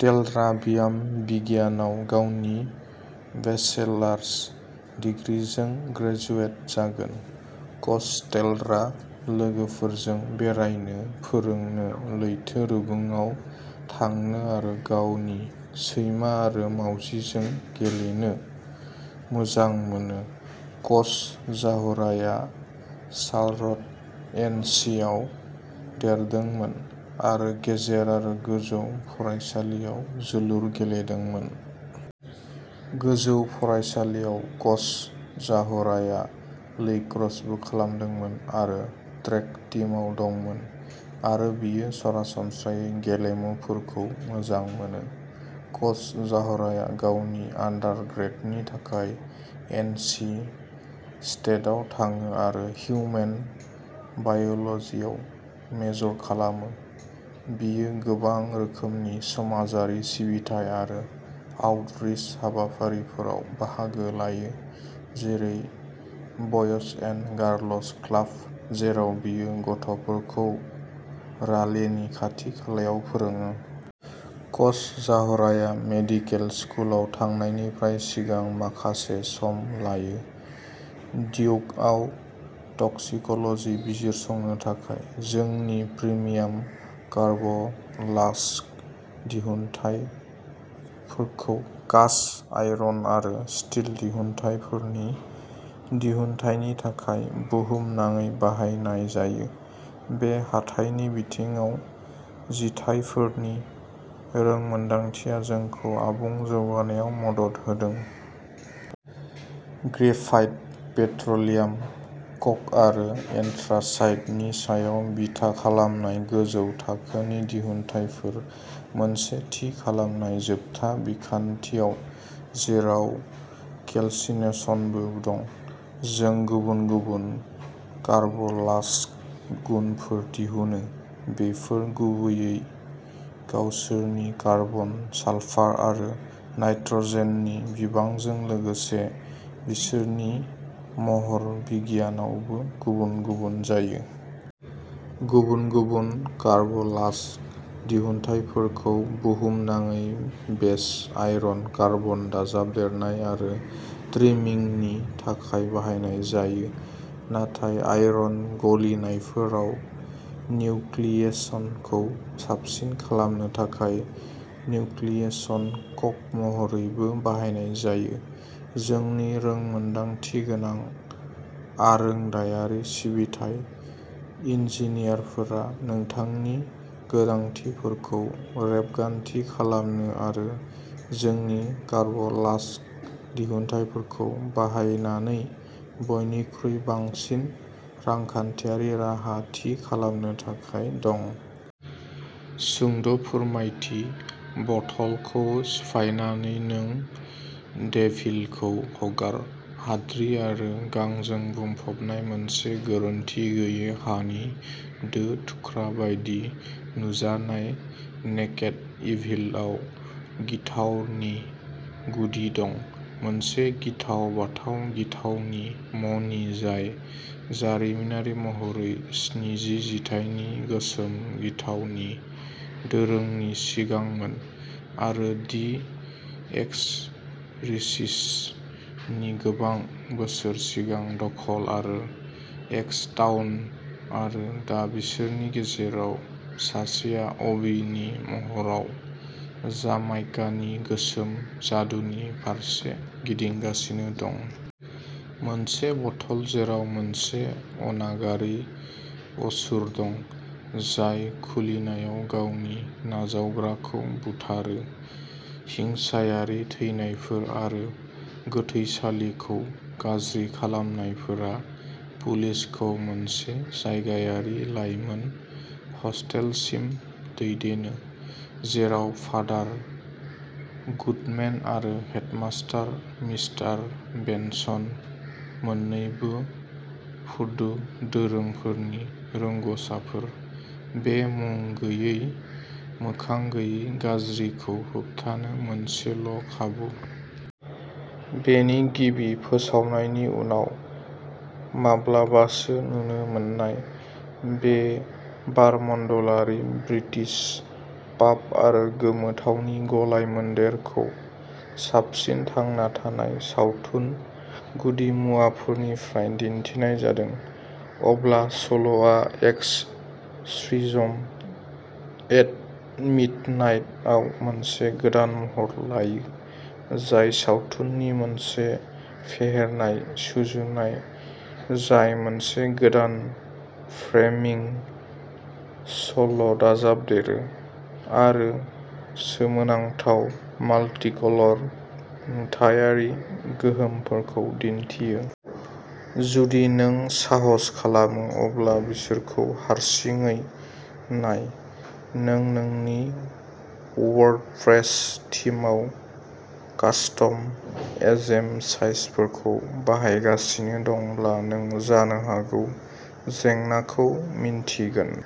टेलरा बियाम बिगियानाव गावनि बेचेलार्स दिग्रिजों ग्रेजुवेट जागोन। कच टेलरा लोगोफोरजों बेरायनो, फोरोंनो, लैथो रुगुंआव थांनो आरो गावनि सैमा आरो मावजिजों गेलेनो मोजां मोनो। कच जाहराया शार्लट, एन. सि. आव देरदोंमोन आरो गेजेर आरो गोजौ फरायसालियाव जोलुर गेलेदोंमोन। गोजौ फरायसालिआव कच जाहराया लैक्रसबो खालामदोंमोन आरो ट्रेक टीमआव दंमोन आरो बियो सरासनस्रायै गेलेमुफोरखौ मोजां मोनो। कच जाहराया गावनि आन्डारग्रेडनि थाखाय एन. सि. स्टेटआव थाङो आरो हिउमेन बाय'लजीआव मेजर खालामो। बियो गोबां रोखोमनि समाजारि सिबिथाइ आरो आउटरीच हाबाफारिफोराव बाहागो लायो, जेरै बयज एन्ड गार्लस क्लाब, जेराव बियो गथ'फोरखौ रालेनि खाथि-खालायाव फोरोङो। कच जाहराया मेडिकेल स्कुलाव थांनायनिफ्राय सिगां माखासे सम लायो, डिउकआव टक्सिक'लजी बिजिरसंनो थाखाय। जोंनि प्रिमियाम कार्ब'लाक्स दिहुनथायफोरखौ कास्ट आयरन आरो स्टील दिहुनथायफोरनि दिहुनथायनि थाखाय बुहुमनाङै बाहायनाय जायो। बे हाथाइनि बिथिङाव जिथायफोरनि रोंमोनदांथिया जोंखौ आबुं जौगानायाव मदद होदों। ग्रेफाइट पेट्र'लियाम क'क आरो एन्थ्रासाइटनि सायाव बिथा खालामनाय गोजौ थाखोनि दिहुनथायफोर। मोनसे थि खालामनाय जोबथा बिखान्थियाव, जेराव केल्सिनेशनबो दं, जों गुबुन गुबुन कार्ब'लाक्स गुनफोर दिहुनो। बेफोर गुबैयै गावसोरनि कार्बन, सालफार आरो नाइट्र'जेननि बिबांजों लोगोसे बिसोरनि महरबिगियानावबो गुबुन-गुबुन जायो। गुबुन-गुबुन कार्ब'लाक्स दिहुनथायफोरखौ बुहुमनाङै बेस आयरन कार्बन दाजाबदेरनाय आरो ट्रिमिंगनि थाखाय बाहायनाय जायो। नाथाय आयरन गलिनायफोराव निउक्लियेशनखौ साबसिन खालामनो थाखाय निउक्लियेशन क'क महरैबो बाहायनाय जायो। जोंनि रोंमोन्दांथिगोनां आरोंदायारि सिबिथाइ इन्जिनियारफोरा नोंथांनि गोनांथिफोरखौ रेबगान्थि खालामनो आरो जोंनि कार्ब'लाक्स दिहुनथायफोरखौ बाहायनानै बयनिख्रुइ बांसिन रांखान्थियारि राहा थि खालामनो थाखाय दं। सुंद'फोरमायथि, बथलखौ सिफायनानै नों डेभिलखौ हगार, हाद्रि आरो गांजों बुंफबनाय मोनसे गोरोनथि गैयै हानि दो-थुख्रा बायदि नुजानाय "नेकेड इभिल" आव गिथावनि गुदि दं। मोनसे गिथाव-बाथाव गिथावनि मणि जाय जारिमिनारि महरै स्निजि जिथाइनि गोसोम गिथावनि दोरोंनि सिगांमोन आरो "दि एक्स'रिसिस्ट" नि गोबां बोसोर सिगां दखल आरो एक्स' टाउन, आरो दा बिसोरनि गेजेराव सासेआ "अबी" नि महराव जामाइकानि गोसोम जादुनि फारसे गिदिंगासिनो दं। मोनसे बथल जेराव मोनसे अनागारि असुर दं, जाय खुलिनायाव गावनि नाजावग्राखौ बुथारो। हिंसायारि थैनायफोर आरो गोथैसालिखौ गाज्रि खालामनायफोरा पुलिसखौ मोनसे जायगायारि लाइमोन हस्टेलसिम दैदेनो, जेराव फादार गुडमेन आरो हेडमास्टार मिस्टार बेनसन मोननैबो भुडु दोरोंफोरनि रोंग'साफोर, बे मुं गैयै, मोखां गैयै गाज्रिखौ होबथानो मोनसेल' खाबु। बेनि गिबि फोसावनायनि उनाव माब्लाबासो नुनो मोननाय, बे बारमण्डलारि ब्रिटिश पाप आरो गोमोथावनि गलायमोन्देरखौ साबसिन थांना थानाय सावथुन गुदिमुवाफोरनिफ्राय दिन्थिनाय जादों। अब्ला सल'आ "एक्स'र्सिज्म एट मिडनाइट" आव मोनसे गोदान महर लायो, जाय सावथुननि मोनसे फेहेरनाय सुजुनाय जाय मोनसे गोदान फ्रेमिंग सल'दाजाबदेरो आरो सोमोनांथाव "माल्टि-कलर" नुथायारि गोहोमफोरखौ दिन्थियो। जुदि नों साहस खालामो अब्ला बिसोरखौ हारसिङै नाय, नों नोंनि वर्डप्रेस थीमआव कास्टम इमेज साइजफोरखौ बाहायगासिनो दंब्ला नों जानो हागौ जेंनाखौ मिन्थिगोन।